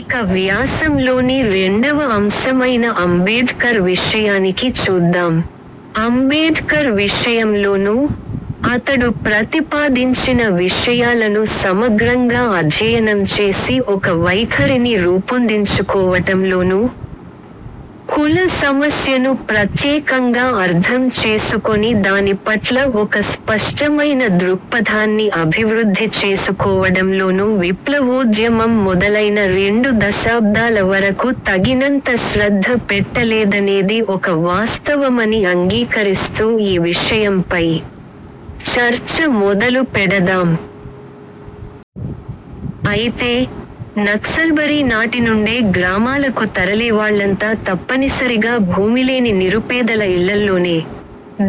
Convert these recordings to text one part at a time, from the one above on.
ఇక వ్యాసంలోని రెండవ అంశమైన అంబేడ్కర్ విషయం చూద్దాం. అంబేడ్కర్ విషయంలోనూ, అతడు ప్రతిపాదించిన విషయాలను సమగ్రంగా అధ్యయనం చేసి ఒక వైఖరిని రూపొందించుకోవటంలోనూ, కుల సమస్యను ప్రత్యేకంగా అర్థం చేసుకొని దాని పట్ల ఒక స్పష్టమైన దృక్పథాన్ని అభివృద్ధి చేసుకోవడంలోనూ విప్లవోద్యమం మొదలైన రెండు దశాబ్దాల వరకు తగినంత శ్రద్ధ పెట్టలేదనేది ఒక వాస్తవమని అంగీకరిస్తూ ఈ విషయంపై చర్చ మొదలు పెడదాం. అయితే, నక్సల్బరీ నాటి నుండే గ్రామాలకు తరలేవాళ్ళంతా తప్పనిసరిగా భూమిలేని నిరుపేదల ఇళ్ళల్లోనే,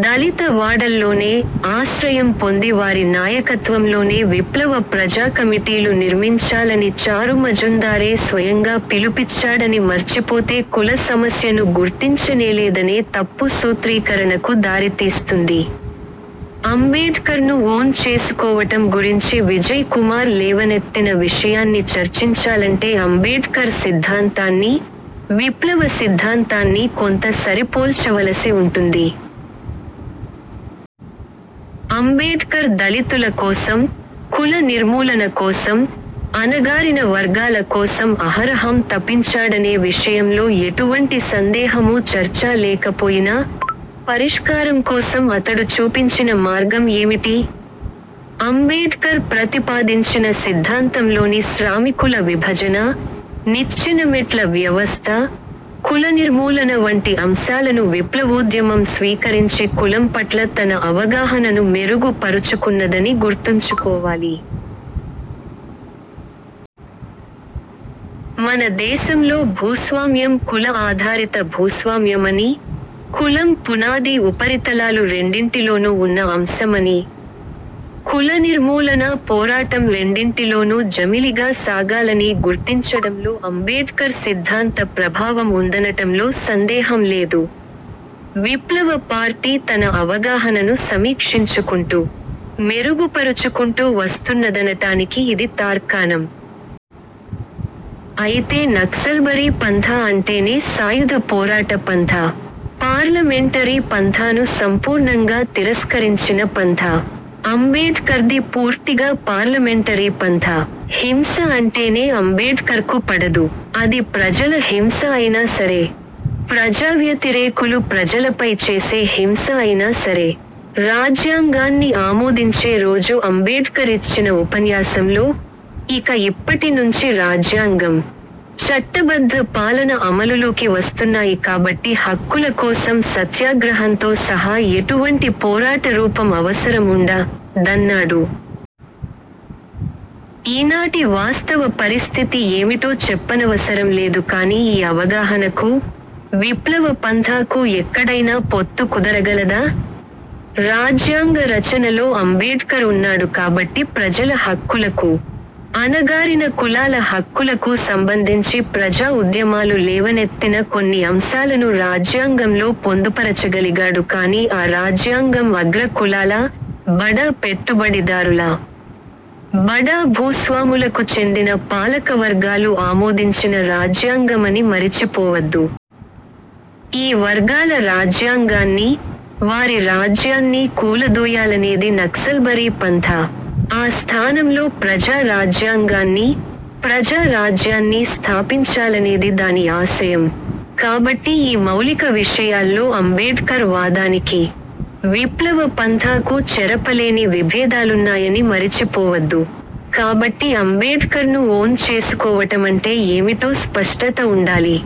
'దళిత వాడల్లోనే' ఆశ్రయం పొంది వారి నాయకత్వంలోనే విప్లవ ప్రజాకమిటీలు నిర్మించాలని చారుమజుందారే స్వయంగా పిలుపిచ్చాడని మర్చిపోతే కుల సమస్యను గుర్తించనేలేదనే తప్పు సూత్రీకరణకు దారితీస్తుంది. అంబేడ్కర్ను ఓన్ చేసుకోవటం గురించి విజయ్ కుమార్ లేవనెత్తిన విషయాన్ని చర్చించాలంటే అంబేడ్కర్ సిద్ధాంతాన్నీ, విప్లవ సిద్ధాంతాన్నీ కొంత సరిపోల్చవలసి ఉంటుంది. అంబేడ్కర్ దళితుల కోసం, కుల నిర్మూలన కోసం, అణగారిన వర్గాల కోసం అహరహం తపించాడనే విషయంలో ఎటువంటి సందేహమూ చర్చా లేకపోయినా, పరిష్కారం కోసం అతడు చూపించిన మార్గం ఏమిటి? అంబేడ్కర్ ప్రతిపాదించిన సిద్ధాంతంలోని శ్రామికుల విభజన, నిచ్చెనమెట్ల వ్యవస్థ, కులనిర్మూలన వంటి అంశాలను విప్లవోద్యమం స్వీకరించి కులం పట్ల తన అవగాహనను మెరుగు పరుచుకున్నదని గుర్తుంచుకోవాలి. మన దేశంలో భూస్వామ్యం కుల ఆధారిత భూస్వామ్యమనీ, కులం పునాదీ ఉపరితలాలు రెండింటిలోనూ ఉన్న అంశమనీ, కులనిర్మూలనా పోరాటం రెండింటిలోనూ జమిలిగా సాగాలనీ గుర్తించడంలో అంబేడ్కర్ సిద్ధాంత ప్రభావం ఉందనటంలో సందేహం లేదు. విప్లవ పార్టీ తన అవగాహనను సమీక్షించుకుంటూ, మెరుగుపరుచుకుంటూ వస్తున్నదనటానికి ఇది తార్కాణం. అయితే నక్సల్బరీ పంథా అంటేనే సాయుధ పోరాట పంథా. పార్లమెంటరీ పంథాను సంపూర్ణంగా తిరస్కరించిన పంథా. అంబేడ్కర్ది పూర్తిగా పార్లమెంటరీ పంథా. హింస అంటేనే అంబేడ్కర్కు పడదు. అది ప్రజల హింస అయినా సరే, ప్రజావ్యతిరేకులు ప్రజలపై చేసే హింస అయినా సరే. రాజ్యాంగాన్ని ఆమోదించే రోజు అంబేడ్కర్ ఇచ్చిన ఉపన్యాసంలో ''ఇక ఇప్పటి నుంచి రాజ్యాంగం, చట్టబద్ధ పాలన అమలులోకి వస్తున్నాయి కాబట్టి హక్కుల కోసం సత్యాగ్రహంతో సహా ఎటువంటి పోరాట రూపం అవసరం ఉండ''దన్నాడు. ఈనాటి వాస్తవ పరిస్థితి ఏమిటో చెప్పనవసరం లేదు కానీ ఈ అవగాహనకూ, విప్లవ పంథాకూ ఎక్కడైనా పొత్తు కుదరగలదా? రాజ్యాంగ రచనలో అంబేడ్కర్ ఉన్నాడు కాబట్టి ప్రజల హక్కులకూ, అణగారిన కులాల హక్కులకూ సంబంధించి ప్రజా ఉద్యమాలు లేవనెత్తిన కొన్ని అంశాలను రాజ్యాంగంలో పొందుపరచగలిగాడు కానీ ఆ రాజ్యాంగం అగ్ర కులాల, బడా పెట్టుబడిదారుల, బడా భూస్వాములకు చెందిన పాలకవర్గాలు ఆమోదించిన రాజ్యాంగమని మరిచిపోవద్దు. ఈ వర్గాల రాజ్యాంగాన్నీ, వారి రాజ్యాన్నీ కూలదోయాలనేది నక్సల్బరీ పంథా. ఆ స్థానంలో ప్రజా రాజ్యాంగాన్నీ, ప్రజా రాజ్యాన్నీ స్థాపించాలనేది దాని ఆశయం. కాబట్టి ఈ మౌలిక విషయాల్లో అంబేడ్కర్ వాదానికీ, విప్లవ పంథాకూ చెరపలేని విభేదాలున్నాయని మరిచిపోవద్దు. కాబట్టి అంబేడ్కర్ను ఓన్ చేసుకోవటమంటే ఏమిటో స్పష్టత ఉండాలి.